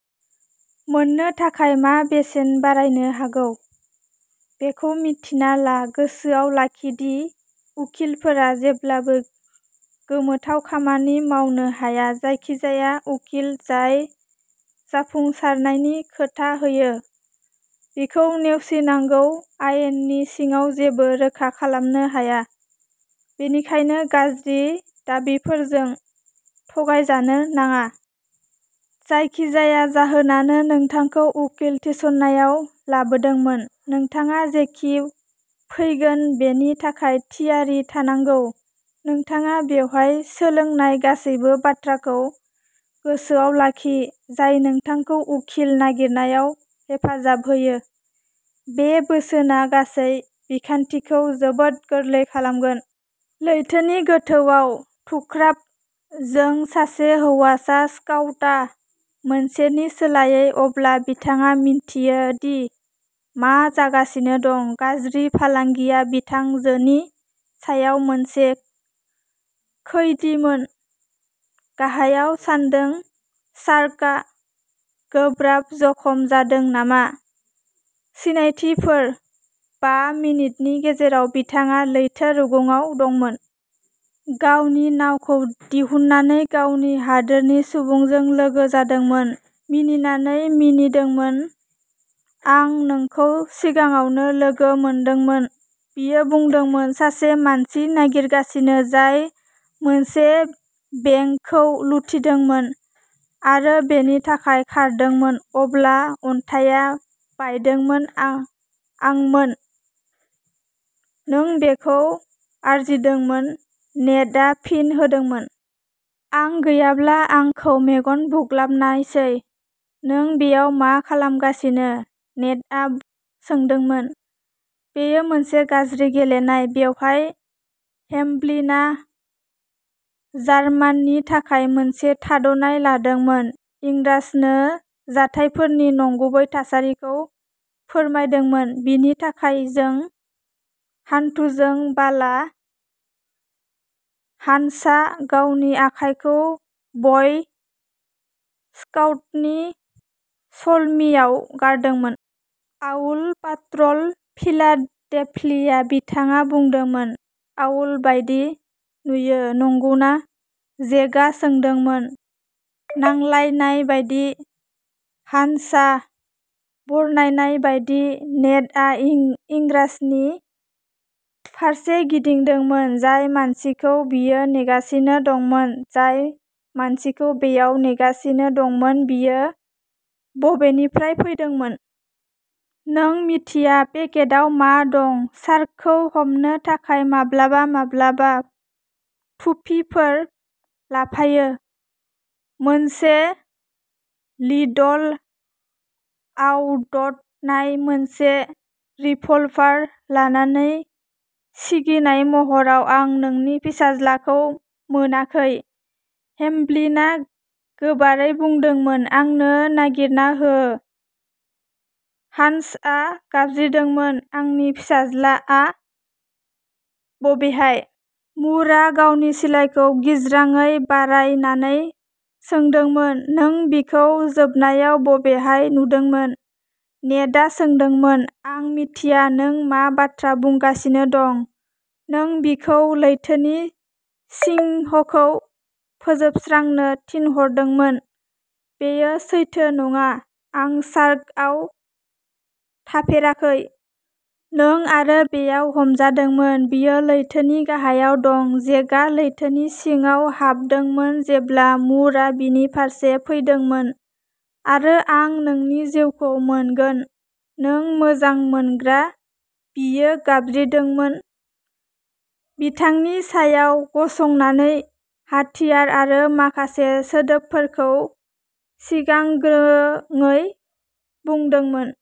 मोन्नो थाखाय। मा बेसेन बारायनो हागौ बेखौ मिन्थिना ला। गोसोआव लाखि दि उखिलफोरा जेब्लाबो गोमोथाव खामानि मावनो हाया। जायखिजाया उखिल जाय जाफुंसारनायनि खोथा होयो, बिखौ नेवसिनांगौ। आयेननि सिङाव जेबो रोखा खालामनो हाया, बेनिखायनो गाज्रि दाबिफोरजों थगायजानो नाङा। जायखिजाया जाहोनानो नोंथांखौ उखिल थिसननायाव लाबोदोंमोन, नोंथाङा जेखि फैगोन बेनि थाखाय थियारि थानांगौ। नोंथाङा बेवहाय सोलोंनाय गासैबो बाथ्राखौ गोसोआव लाखि, जाय नोंथांखौ उखिल नागिरनायाव हेफाजाब होयो। बे बोसोनआ गासै बिखान्थिखौ जोबोद गोरलै खालामगोन। लैथोनि गोथौआव "थुख्राब" जों सासे हौवासा स्काउटा। मोनसेनि सोलायै। अब्ला बिथाङा मिन्थियो दि मा जागासिनो दं। गाज्रि फालांगिया बिथांजोनि सायाव मोनसे खैदीमोन। "गाहायाव। सानदों शार्कआ गोब्राब जखम जादों नामा?" सिनायथिफोर। बा मिनिटनि गेजेराव बिथाङा लैथो रुगुंआव दंमोन। गावनि नावखौ दिहुननानै गावनि हादोरनि सुबुंजों लोगो जादोंमोन। "मिनिनानै मिनिदोंमोन। "आं नोंखौ सिगाङावबो लोगो मोनदोंमोन!" बियो बुंदोंमोन। सासे मानसि नागिरगासिनो जाय मोनसे बेंकखौ लुथिदोंमोन आरो'बेनि थाखाय खारदोंमोन'। अब्ला अन्थाइआ बायदोंमोन आंमोन। "" नों बेखौ आरजिदोंमोन ", नेडआ फिन होदोंमोन। आं गैयाब्ला आंखौ मेगन बुग्लाबनायसै।" "नों बेयाव मा खालामगासिनो?" नेडआ सोंदोंमोन। "बेयो मोनसे गाज्रि गेलेनाय, बेवहाय।" हेमब्लिना जार्माननि थाखाय मोनसे थाद'नाय लादोंमोन। इंराजनो जाथायफोरनि नंगुबै थासारिखौ फोरमायदोंमोन। बिनि आखाइजों हान्थुजों बाला। हान्सा गावनि आखायखौ बय स्काउटनि सलामीआव गारदोंमोन। "Owl पाड्र'ल, Philadelphia!" बिथाङा बुंदोंमोन। "आउल बायदि नुयो, नंगौना?" जेकआ सोंदोंमोन। नांलायनाय बायदि, हान्सा बरनायनाय बायदि। नेडआ इंराजनि फारसे गिदिंदोंमोन। जाय मानसिखौ बियो नेगासिनो दंमोन? "" जाय मानसिखौ बेयाव नेगासिनो दंमोन बियो बबेनिफ्राय फैदोंमोन? "नों मिथिया पेकेटआव मा दं?" "शार्कखौ हमनो थाखाय!" माब्लाबा-माब्लाबा थुफिफोर लाफायो। मोनसे लिडल आउड्ट नाय! "मोनसे रिभलभार लानानै सिगिनाय महराव।" आं नोंनि फिसाज्लाखौ मोनाखै! "हेमब्लिना गोबारै बुंदोंमोन।" आंनो नागिरना हो! "हानसआ गाबज्रिदोंमोन।" आंनि फिसाज्लाआ बबेहाय? "मुरआ गावनि सिलाइखौ गिज्राङै बारायनानै सोंदोंमोन।" नों बिखौ जोबनायाव बबेहाय नुदोंमोन? "नेडआ सोंदोंमोन।" आं मिथिया नों मा बाथ्रा बुंगासिनो दं। "" नों बिखौ लैथोनि सिंहखौ फोजोबस्रांनो थिनहरदोंमोन। "" बेयो सैथो नङा। आं शार्कआव थाफेराखै। "नों आरो बेयाव हमजादोंमोन।" "बियो लैथोनि गाहायाव दं!" जेकआ लैथोनि सिंहआव हाबदोंमोन जेब्ला मुरआ बिनि फारसे सौफैदोंमोन। आरो आं नोंनि जिउखौ मोनगोन। "" नों मोजां मोनग्रा! "बियो गाबज्रिदोंमोन, बिथांनि सायाव गसंनानै। हाथियार आरो माखासे सोदोबफोरखौ सिगांग्रोङै बुंदोंमोन।